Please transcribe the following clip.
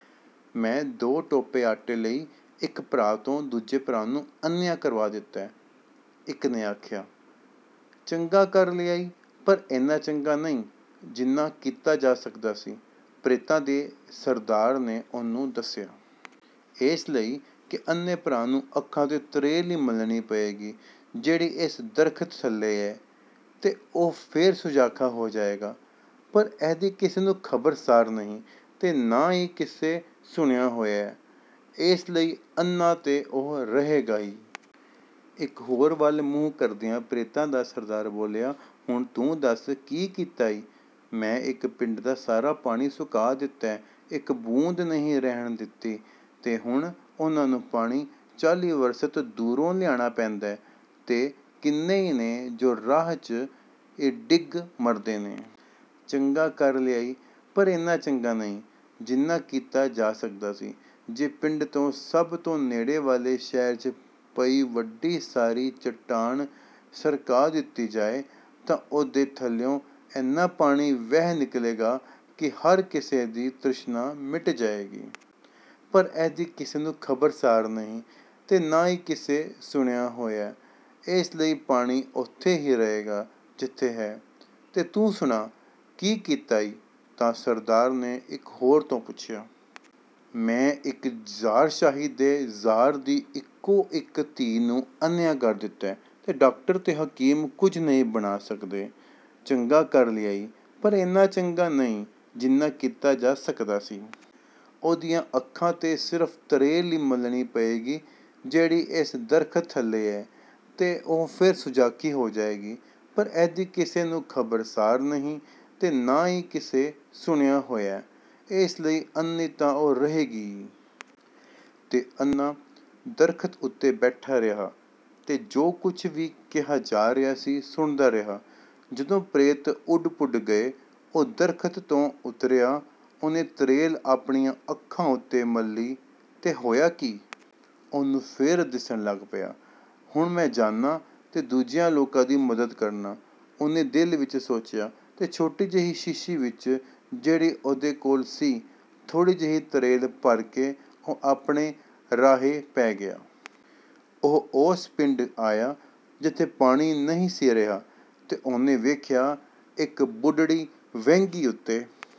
“ਮੈਂ ਦੋ ਟੋਪੇ ਆਟੇ ਲਈ ਇੱਕ ਭਰਾ ਤੋਂ ਦੂਜੇ ਭਰਾ ਨੂੰ ਅੰਨ੍ਹਿਆਂ ਕਰਵਾ ਦਿੱਤੈ,” ਇੱਕ ਨੇ ਆਖਿਆ। “ਚੰਗਾ ਕਰ ਲਿਆ ਈ, ਪਰ ਏਨਾ ਚੰਗਾ ਨਹੀਂ, ਜਿੰਨਾ ਕੀਤਾ ਜਾ ਸਕਦਾ ਸੀ,” ਪ੍ਰੇਤਾਂ ਦੇ ਸਰਦਾਰ ਨੇ ਉਹਨੂੰ ਦੱਸਿਆ। “ਏਸ ਲਈ ਕਿ ਅੰਨ੍ਹੇ ਭਰਾ ਨੂੰ ਅੱਖਾਂ ’ਤੇ ਤਰੇਲ ਈ ਮਲਣੀ ਪਏਗੀ, ਜਿਹੜੀ ਏਸ ਦਰਖ਼ਤ ਥੱਲੇ ਏ, ਤੇ ਉਹ ਫੇਰ ਸੁਜਾਖਾ ਹੋ ਜਾਏਗਾ। ਪਰ ਇਹਦੀ ਕਿਸੇ ਨੂੰ ਖ਼ਬਰ-ਸਾਰ ਨਹੀਂ, ਤੇ ਨਾ ਈ ਕਿਸੇ ਸੁਣਿਆ ਹੋਇਐ, ਏਸ ਲਈ ਅੰਨ੍ਹਾ ਤੇ ਉਹ ਰਹੇਗਾ ਈ।” ਇੱਕ ਹੋਰ ਵੱਲ ਮੂੰਹ ਕਰਦਿਆਂ ਪ੍ਰੇਤਾਂ ਦਾ ਸਰਦਾਰ ਬੋਲਿਆ “ਹੁਣ ਤੂੰ ਦੱਸ, ਕੀ ਕੀਤਾ ਈ?" "ਮੈਂ ਇੱਕ ਪਿੰਡ ਦਾ ਸਾਰਾ ਪਾਣੀ ਸੁਕਾ ਦਿੱਤੈ, ਇੱਕ ਬੂੰਦ ਨਹੀਂ ਰਹਿਣ ਦਿੱਤੀ, ਤੇ ਹੁਣ ਉਹਨਾਂ ਨੂੰ ਪਾਣੀ ਚਾਲੀ ਵਰਸਤ ਦੂਰੋਂ ਲਿਆਣਾ ਪੈਂਦੈ, ਤੇ ਕਿੰਨੇ ਈ ਨੇ ਜੋ ਰਾਹ ’ਚ ਈ ਡਿਗ ਮਰਦੇ ਨੇ।” “ਚੰਗਾ ਕਰ ਲਿਆ ਈ, ਪਰ ਏਨਾ ਚੰਗਾ ਨਹੀਂ, ਜਿੰਨਾ ਕੀਤਾ ਜਾ ਸਕਦਾ ਸੀ।” “ਜੇ ਪਿੰਡ ਤੋਂ ਸਭ ਤੋਂ ਨੇੜੇ ਵਾਲੇ ਸ਼ਹਿਰ ’ਚ ਪਈ ਵੱਡੀ ਸਾਰੀ ਚਟਾਨ ਸਰਕਾ ਦਿੱਤੀ ਜਾਏ, ਤਾਂ ਉਹਦੇ ਥੱਲਿਉਂ ਏਨਾ ਪਾਣੀ ਵਹਿ ਨਿਕਲੇਗਾ ਕਿ ਹਰ ਕਿਸੇ ਦੀ ਤ੍ਰਿਸ਼ਨਾ ਮਿਟ ਜਾਏਗੀ।” “ਪਰ ਇਹਦੀ ਕਿਸੇ ਨੂੰ ਖ਼ਬਰ-ਸਾਰ ਨਹੀਂ, ਤੇ ਨਾ ਈ ਕਿਸੇ ਸੁਣਿਆ ਹੋਇਐ, ਏਸ ਲਈ ਪਾਣੀ ਓਥੇ ਈ ਰਹੇਗਾ, ਜਿਥੇ ਹੈ।” “ਤੇ ਤੂੰ ਸੁਣਾ, ਕੀ ਕੀਤਾ ਈ?” ਤਾਂ ਸਰਦਾਰ ਨੇ ਇਕ ਹੋਰ ਤੋਂ ਪੁੱਛਿਆ। “ਮੈਂ ਇੱਕ ਜ਼ਾਰਸ਼ਾਹੀ ਦੇ ਜ਼ਾਰ ਦੀ ਇਕੋ-ਇੱਕ ਧੀ ਨੂੰ ਅੰਨ੍ਹਿਆਂ ਕਰ ਦਿੱਤੈ, ਤੇ ਡਾਕਟਰ ਤੇ ਹਕੀਮ ਕੁਝ ਨਹੀਂ ਬਣਾ ਸਕਦੇ।” “ਚੰਗਾ ਕਰ ਲਿਆ ਈ, ਪਰ ਏਨਾ ਚੰਗਾ ਨਹੀਂ, ਜਿੰਨਾ ਕੀਤਾ ਜਾ ਸਕਦਾ ਸੀ।" “ਉਹਦੀਆਂ ਅੱਖਾਂ ’ਤੇ ਸਿਰਫ਼ ਤਰੇਲ ਈ ਮਲਣੀ ਪਏਗੀ, ਜਿਹੜੀ ਏਸ ਦਰਖ਼ਤ ਥੱਲੇ ਏ, ਤੇ ਉਹ ਫੇਰ ਸੁਜਾਖੀ ਹੋ ਜਾਏਗੀ।" “ਪਰ ਇਹਦੀ ਕਿਸੇ ਨੂੰ ਖ਼ਬਰ-ਸਾਰ ਨਹੀਂ, ਤੇ ਨਾ ਈ ਕਿਸੇ ਸੁਣਿਆ ਹੋਇਐ, ਏਸ ਲਈ ਅੰਨ੍ਹੀ ਤਾਂ ਉਹ ਰਹੇਗੀ ਈ।” ਤੇ ਅੰਨ੍ਹਾ ਦਰਖ਼ਤ ਉਤੇ ਬੈਠਾ ਰਿਹਾ ਤੇ ਜੁ ਕੁਝ ਵੀ ਕਿਹਾ ਜਾ ਰਿਹਾ ਸੀ, ਸੁਣਦਾ ਰਿਹਾ। ਜਦੋਂ ਪ੍ਰੇਤ ਉਡ-ਪੁਡ ਗਏ, ਉਹ ਦਰਖ਼ਤ ਤੋਂ ਉਤਰਿਆ, ਉਹਨੇ ਤਰੇਲ ਆਪਣੀਆਂ ਅੱਖਾਂ ਉਤੇ ਮਲੀ ਤੇ ਹੋਇਆ ਕੀ! ਉਹਨੂੰ ਫੇਰ ਦਿੱਸਣ ਲੱਗ ਪਿਆ। “ਹੁਣ ਮੈਂ ਜਾਨਾਂ ਤੇ ਦੂਜਿਆਂ ਲੋਕਾਂ ਦੀ ਮਦਦ ਕਰਨਾਂ,” ਉਹਨੇ ਦਿਲ ਵਿੱਚ ਸੋਚਿਆ। ਤੇ ਛੋਟੀ ਜਿਹੀ ਸ਼ੀਸ਼ੀ ਵਿੱਚ, ਜਿਹੜੀ ਉਹਦੇ ਕੋਲ ਸੀ, ਥੋੜ੍ਹੀ ਜਿਹੀ ਤਰੇਲ ਭਰ ਕੇ ਉਹ ਆਪਣੇ ਰਾਹੇ ਪੈ ਗਿਆ। ਉਹ ਓਸ ਪਿੰਡ ਆਇਆ, ਜਿਥੇ ਪਾਣੀ ਨਹੀਂ ਸੀ ਰਿਹਾ, ਤੇ ਉਹਨੇ ਵੇਖਿਆ, ਇੱਕ ਬੁਢੜੀ ਵਹਿੰਗੀ ਉਤੇ